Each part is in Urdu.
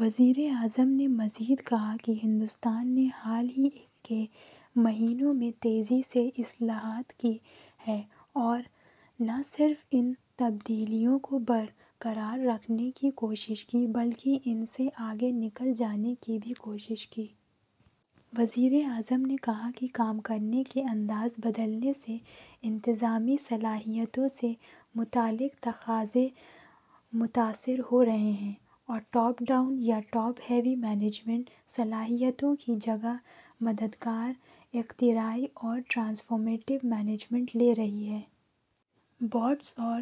وزیر اعظم نے مزید کہا کہ ہندوستان نے حالیہ مہینوں میں تیزی سے اصلاحات کیں اور نہ صرف ان تبدیلیوں کو برقرار رکھنے کی کوشش کی بلکہ ان سے آگے نکل جانے کی بھی کوشش کی۔ وزیر اعظم نے کہا کہ کام کرنے کے انداز بدلنے سے انتظامی صلاحیتوں سے متعلق تقاضے متاثر ہو رہے ہیں اور ٹاپ ڈاؤن یا ٹاپ ہیوی مینجمنٹ صلاحیتوں کی جگہ مددگار، اختراعی اور ٹرانسفارمیٹو مینجمنٹ لے رہی ہے۔ بوٹس اور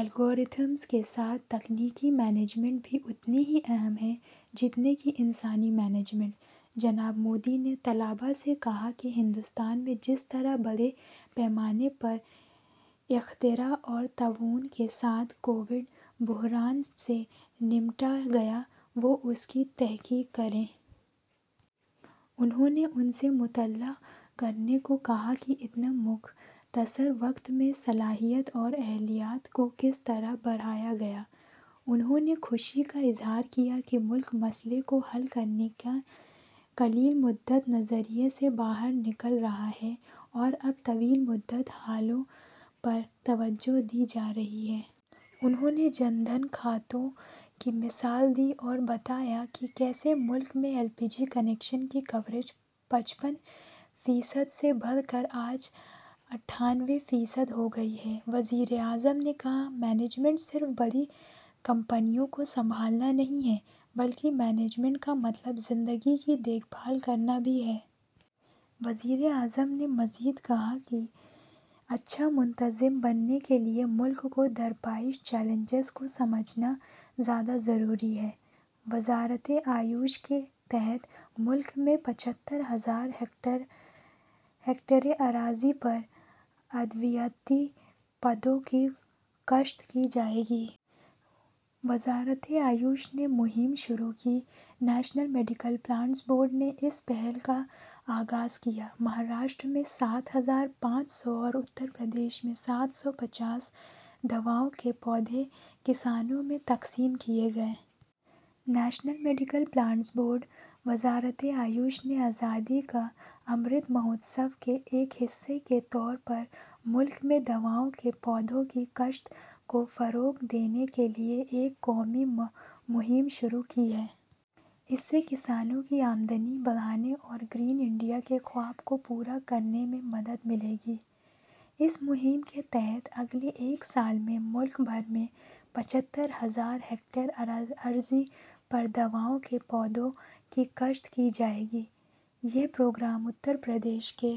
الگورتھم کے ساتھ تکنیکی مینجمنٹ بھی اتنی ہی اہم ہے جتنی کہ انسانی مینجمنٹ۔ جناب مودی نے طلبہ سے کہا کہ ہندوستان میں جس طرح بڑے پیمانے پر اختراع اور تعاون کے ساتھ کووڈ بحران سے نمٹا گیا، وہ اس کی تحقیق کریں۔ انہوں نے ان سے مطالعہ کرنے کو کہا کہ اتنے مختصر وقت میں صلاحیت اور اہلیت کو کس طرح بڑھایا گیا۔ انہوں نے خوشی کا اظہار کیا کہ ملک مسئلے کو حل کرنے کے قلیل مدتی نقطہ نظر سے باہر نکل رہا ہے اور اب طویل مدتی حلوں پر توجہ دی جا رہی ہے۔ انہوں نے جن دھن کھاتوں کی مثال دی اور بتایا کہ کیسے ملک میں ایل پی جی کنکشن کی کوریج پچپن فیصد سے بڑھ کر آج اٹھانوے فیصد ہو گئی ہے۔ وزیر اعظم نے کہا، "مینجمنٹ صرف بڑی کمپنیوں کو سنبھالنا نہیں ہے بلکہ مینجمنٹ کا مطلب زندگی کی دیکھ بھال کرنا بھی ہے۔" وزیر اعظم نے مزید کہا کہ اچھا منتظم بننے کے لیے ملک کو درپیش چیلنجوں کو سمجھنا زیادہ ضروری ہے۔ وزارت آیوش کے تحت ملک میں پچھتر ہزار ہیکٹر اراضی پر ادویاتی پودوں کی کاشت کی جائے گی۔ وزارت آیوش نے مہم شروع کی، نیشنل میڈیکل پلانٹس بورڈ نے اس پہل کا آغاز کیا۔ مہاراشٹر میں سات ہزار پانچ سو اور اتر پردیش میں سات سو پچاس دواؤں کے پودے کسانوں میں تقسیم کیے گئے۔ نیشنل میڈیکل پلانٹس بورڈ، وزارت آیوش نے آزادی کا امرت مہوتسو کے ایک حصے کے طور پر ملک میں دواؤں کے پودوں کی کاشت کو فروغ دینے کے لیے ایک قومی مہم شروع کی ہے۔ اس سے کسانوں کی آمدنی بڑھانے اور گرین انڈیا کے خواب کو پورا کرنے میں مدد ملے گی۔ اس مہم کے تحت اگلے ایک سال میں ملک بھر میں پچھتر ہزار ہیکٹر اراضی پر دواؤں کے پودوں کی کاشت کی جائے گی۔ یہ پروگرام اتر پردیش کے...